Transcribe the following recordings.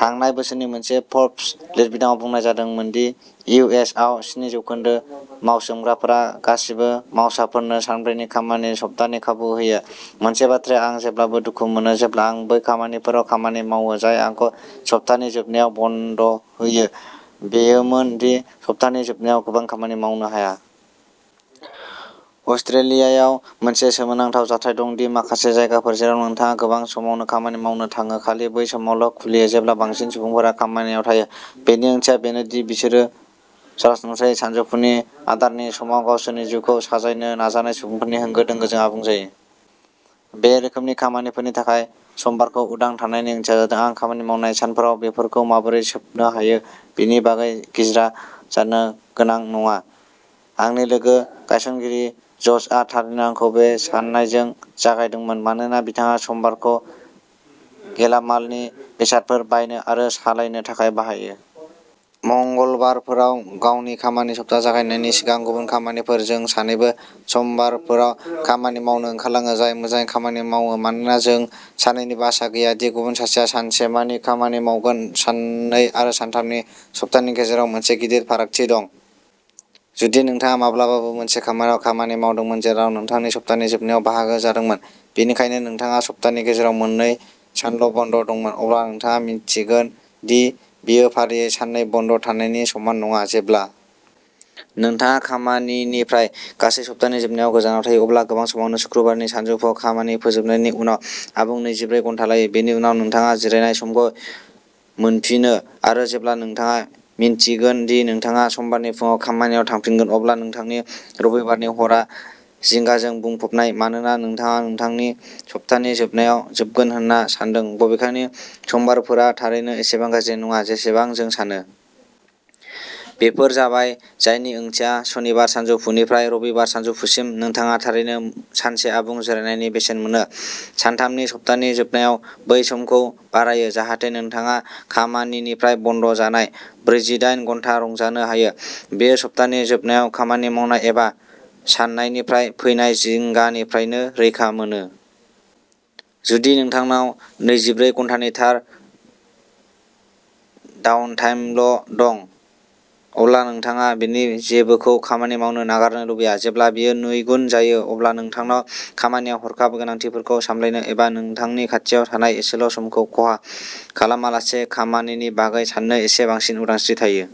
थांनाय बोसोरनि मोनसे फ'र्ब्स लिरबिदांआव बुंनाय जादोंमोन दि इउ एस आव स्नि जौखोन्दो मावसोमग्राफोरा गासिबो मावसाफोरनो सानब्रैनि खामानि सप्तानि खाबु होयो। मोनसे बाथ्राया आं जेब्लाबो दुखु मोनो जेब्ला आं बै खामानिफोराव खामानि मावो जाय आंखौ सप्तानि जोबनायाव बन्द होयो, बेयोमोन दि सप्तानि जोबनायाव गोबां खामानि मावनो हाया। अस्ट्रेलियायाव मोनसे सोमोनांथाव जाथाय दं दि माखासे जायगाफोर जेराव नोंथाङा गोबां समावनो खामानि मावनो थाङो खालि बै समावल' खुलियो जेब्ला बांसिन सुबुंफोरा खामानियाव थायो। बेनि ओंथिया बेनो दि बिसोरो सरासनस्रायै सानजौफुनि आदारनि समाव गावसोरनि जिउखौ साजायनो नाजानाय सुबुंफोरनि होंगो दोंगोजों आबुं जायो। बे रोखोमनि खामानिफोरनि थाखाय समबारखौ उदां थानायनि ओंथिया जादों आं खामानि मावनाय सानफोराव बेफोरखौ माबोरै सोबनो हायो बेनि बागै गिज्रा जानो गोनां नङा। आंनि लोगो गायसनगिरि ज'शआ थारैनो आंखौ बे साननायजों जागायदोंमोन, मानोना बिथाङा समबारखौ गेलामालनि बेसादफोर बायनो आरो सालायनो थाखाय बाहायो। मंगलबारफोराव गावनि खामानि सप्ता जागायनायनि सिगां गुबुन खामानिफोर। जों सानैबो समबारफोराव खामानि मावनो ओंखारलाङो, जाय मोजाङै खामानि मावो मानोना जों सानैनिबो आसा गैया दि गुबुन सासेया सानसेमानि खामानि मावगोन। साननै आरो सानथामनि सप्तानि गेजेराव मोनसे गिदिर फारागथि दं। जुदि नोंथाङा माब्लाबाबो मोनसे खामानियाव खामानि मावदोंमोन जेराव नोंथांनि सप्तानि जोबनायाव बाहागो जादोंमोन, बेनिखायनो नोंथाङा सप्तानि गेजेराव मोननै सानल' बन्द' दंमोन, अब्ला नोंथाङा मिन्थिगोन दि बेयो फारियै साननै बन्द' थानायनि समान नङा। जेब्ला नोंथाङा खामानिनिफ्राय गासै सप्तानि जोबनायाव गोजानाव थायो अब्ला गोबां समावनो सुक्रुबारनि सानजौफुआव खामानि फोजोबनायनि उनाव आबुं नैजिब्रै घन्टा लायो, बेनि उनाव नोंथाङा जिरायनाय समखौ मोनफिनो आरो जेब्ला नोंथाङा मिन्थिगोन दि नोंथाङा समबारनि फुंआव खामानियाव थांफिनगोन, अब्ला नोंथांनि रबिबारनि हरआ जिंगाजों बुंफबनाय मानोना नोंथाङा नोंथांनि सप्तानि जोबनायाव जोबगोन होनना सान्दों बबेखानि समबारफोरा थारैनो एसेबां गाज्रि नङा जेसेबां जों सानो। बेफोर जाबाय जायनि ओंथिया सनिबार सानजौफुनिफ्राय रबिबार सानजौफुसिम, नोंथाङा थारैनो सानसे आबुं जिरायनायनि बेसेन मोनो। सानथामनि सप्तानि जोबनायाव बै समखौ बारायो जाहाथे नोंथाङा खामानिनिफ्राय बन्द जानाय ब्रैजिडाइन घन्टा रंजानो हायो। बेयो सप्तानि जोबनायाव खामानि मावनाय एबा साननायनिफ्राय फैनाय जिंगानिफ्रायबो रैखा मोनो। जुदि नोंथांनाव नैजिब्रै घन्टानि थार डाउनटाइमल' दं, अब्ला नोंथाङा बेनि जेबोखौ खामानि मावनो नागारनो लुबैया। जेब्ला बेयो नैगुन जायो अब्ला नोंथांनाव खामानियाव हरखाब गोनांथिफोरखौ सामलायनो एबा नोंथांनि खाथियाव थानाय एसेल' समखौ खहा खालामालासे खामानिनि बागै साननो एसे बांसिन उदांस्रि थायो।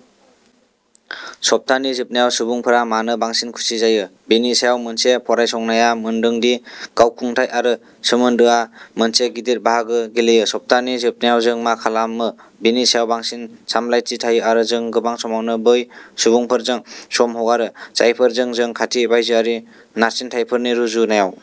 सप्तानि जोबनायाव सुबुंफोरा मानो बांसिन खुसि जायो बेनि सायाव मोनसे फरायसंनाया मोनदों दि गावखुंथाय आरो सोमोन्दोआ मोनसे गिदिर बाहागो गेलेयो। सप्तानि जोबनायाव जों मा खालामो बेनि सायाव बांसिन सामलायथि थायो आरो जों गोबां समावनो बै सुबुंफोरजों सम हगारो जायफोरजों जों खाथि बायजोआरि नारसिनथायफोरनि रुजुनायाव।